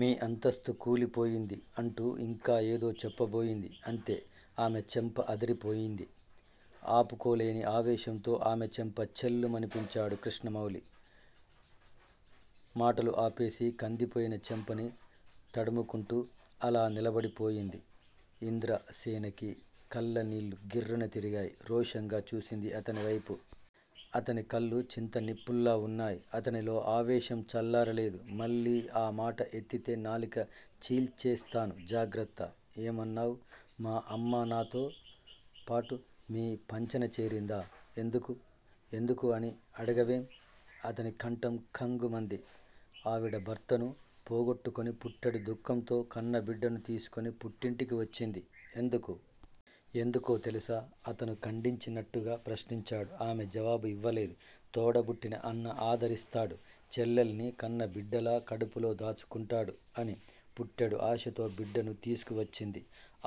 మీ అంతస్తు కూలిపోయింది అంటూ ఇంకా ఏదో చెప్పబోయింది. అంతే. ఆమె చెంప అదిరిపోయింది. ఆపుకోలేని ఆవేశంతో ఆమె చెంప ఛెళ్ళుమనిపించాడు కృష్ణమౌళి. మటలు ఆపేసి కందిపోయిన చెంపని తడుముకుంటూ అలా నిలబడి పోయింది. ఇంద్ర సేనకి కళ్ళనీళ్ళు గిర్రున తిరిగాయి. రోషంగా చూసింది అతని వైపు. అతని కళ్ళు చింత నిప్పుల్లా ఉన్నాయి. అతనిలో ఆవేశం చల్లారలేదు. మళ్ళీ ఆ మాట ఎత్తితే నాలిక చీల్చేస్తాను జాగ్రత్త. ఏం అన్నావు! మా అమ్మ నాతో పాటు మీ పంచన చేరిందా! ఎందుకు! ఎందుకు అని అడగవేం! అతని కంఠం కంగ్ మంది ఆవిడ భర్తను పోగొట్టుకుని పుట్టెడు దుఃఖంతో కన్న బిడ్డను తీసుకుని పుట్టింటికి వచ్చింది ఎందుకు? ఎందుకో తెలుసా! అతను ఖండించినట్టుగా ప్రశ్నించాడు. ఆమె జవాబు ఇవ్వలేదు. తోడ బుట్టిన అన్న ఆదరిస్తాడు. చెల్లెల్ని కన్నబిడ్డలా కడుపులో దాచుకుంటాడు అని పుట్టెడు ఆశతో బిడ్డను తీసుకువచ్చింది.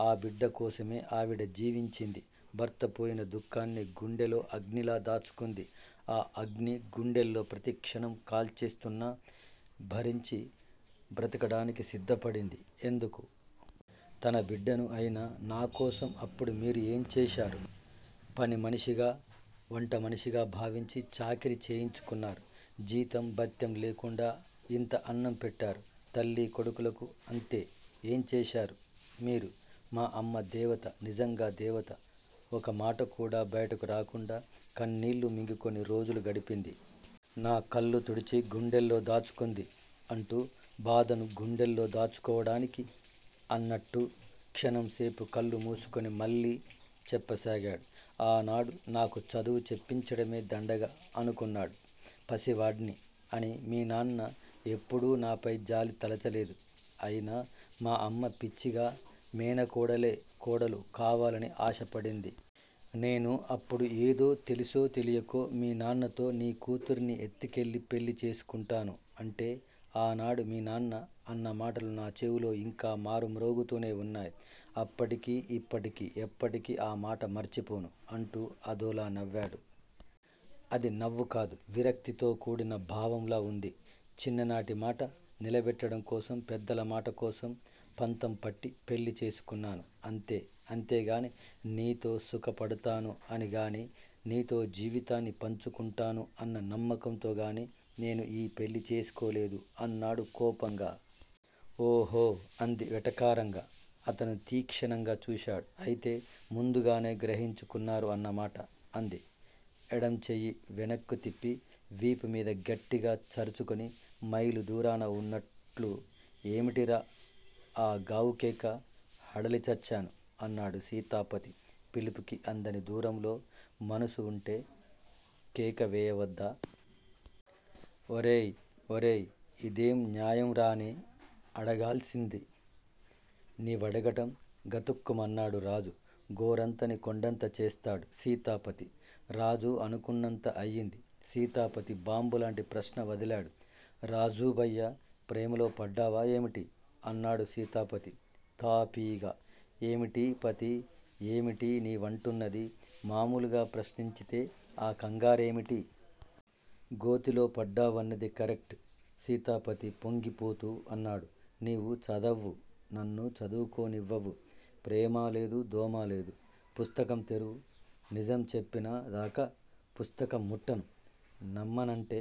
ఆ బిడ్డ కోసమే ఆవిడ జీవించింది. భర్తపోయిన దుఃఖాన్ని గుండెల్లో అగ్నిలా దాచుకుంది. ఆ అగ్ని గుండెల్లో ప్రతిక్షణం కాల్చేస్తున్నా భరించి బ్రతకడానికి సిద్ధపడింది ఎందుకు? తన బిడ్డను అయిన నాకోసం అప్పుడు మీరు ఏం చేశారు? పనిమనిషిగా వంటమనిషిగా భావించి, చాకిరీ చేయించుకున్నారు! జీతం బత్తెం లేకుండా ఇంత అన్నం పెట్టారు తల్లీ కొడుకులకు అంతే! ఏం చేశారు మీరు మా అమ్మ దేవత నిజంగా దేవత. ఒక మాటకూడా బయటకు రాకుండా కన్నీళ్ళు మింగుకుని రోజులు గడిపింది. నా కళ్ళు తుడిచి గుండెల్లో దాచుకుంది అంటూ బాధను గుండెల్లో దాచుకోవడానికి అన్నట్టు క్షణం సేపు కళ్ళు మూసుకుని మళ్ళీ చెప్ప సాగాడు. ఆనాడు నాకు చదువు చెప్పించడమే దండగ అనుకున్నాడు. పసివాడ్ని అని మీనాన్న ఎప్పుడూ నాపై జాలి తలచలేదు. అయినా మా అమ్మ పిచ్చిగా మేనకోడలే కోడలు కావాలని ఆశపడింది. నేను అప్పుడు ఏదో తెలిసో తెలియకో మీ నాన్నతో నీ కూతుర్ని ఎత్తుకెళ్ళి పెళ్ళి చేసుకొంటాను అంటే ఆనాడు మీ నాన్న అన్న మాటలు నా చెవులో ఇంకా మారు మ్రోగుతూనే ఉన్నాయి! అప్పటికీ ఇప్పటికీ ఎప్పటికీ ఆ మాట మర్చిపోను అంటూ అదోలా నవ్వాడు. అది నవ్వుకాదు. విరక్తితో కూడిన భావంలా ఉంది. చిన్ననాటి మాట నిలబెట్టటం కోసం పెద్దల మాట కోసం పంతం పట్టి పెళ్ళి చేసుకున్నాను. అంతే! అంతేగాని నీతో సుఖ పడతాను అని గాని నీతో జీవితాన్ని పంచుకుంటాను అన్న నమ్మకంతో గానీ నేను ఈ పెళ్ళి చేసుకోలేదు అన్నాడు కోపంగా. ఓహో అంది వెటకారంగా. అతను తీక్షణంగా చూశాడు. అయితే ముందుగానే గ్రహించుకున్నారు అన్నమాట! అంది. ఎడం చెయ్యి వెనక్కు తిప్పి వీపుమీద గట్టిగా చరుచుకుని మైలు దూరాన వున్నట్లు ఏమిటిరా ఆ గావుకేక? హడలిచచ్చాను. అన్నాడు సీతాపతి. పిలుపుకి అందని దూరంలో మనసు వుంటే! కేక వేయవద్దా? ఒరేయ్! ఒరేయ్! ఇందేం న్యాయంరానే అడగాల్సింది నీవడగటం? గతుక్కుమన్నాడు రాజు. గోరంతని కొండంత చేస్తాడు. సీతాపతి. రాజు అనుకున్నంత అయింది. సీతాపతి బాంబులాంటి ప్రశ్న వదిలాడు, రాజూ భయ్యా! ప్రేమలో పడ్డావా ఏమిటి? అన్నాడు సీతాపతి తాపీగా. ఏమిటి పతీ! ఏమిటి నీవంటున్నది? మామూలుగా ప్రశ్నించితే ఆ కంగారేమిటి? గోతిలో పడ్డావన్నది కరెక్ట్ సీతాపతి పొంగిపోతూ అన్నాడు. నీవు చదవ్వు నన్ను చదువుకోనివ్వవు. ప్రేమా లేదు దోమా లేదు. పుస్తకం తెరువు. నిజం చెప్పిన దాకా పుస్తకం ముట్టను. నమ్మనంటే,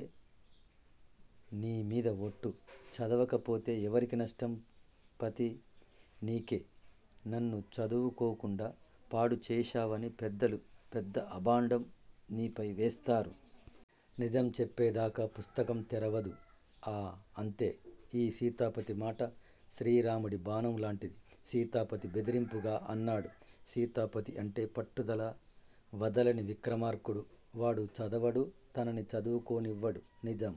నీ మీద ఒట్టు. చదవకపోతే ఎవరికి నష్టం పతీ? నీకే, నన్ను చదువుకోకుండా పాడుచేశావని పెద్దలు పెద్ద అబాంఢం నీపై వేస్తారు. నిజం చెప్పిందాకా పుస్తకం తెరవదు. ఆ అంతే ఈ సీతాపతి మాట శ్రీరాముడి బాణం లాంటిది. సీతాపతి బెదిరింపుగా అన్నాడు సీతాపతి అంటే పట్టుదల వదలని విక్రమార్కుడు వాడు చదవడు తనని చదువుకోనివ్వడు. నిజం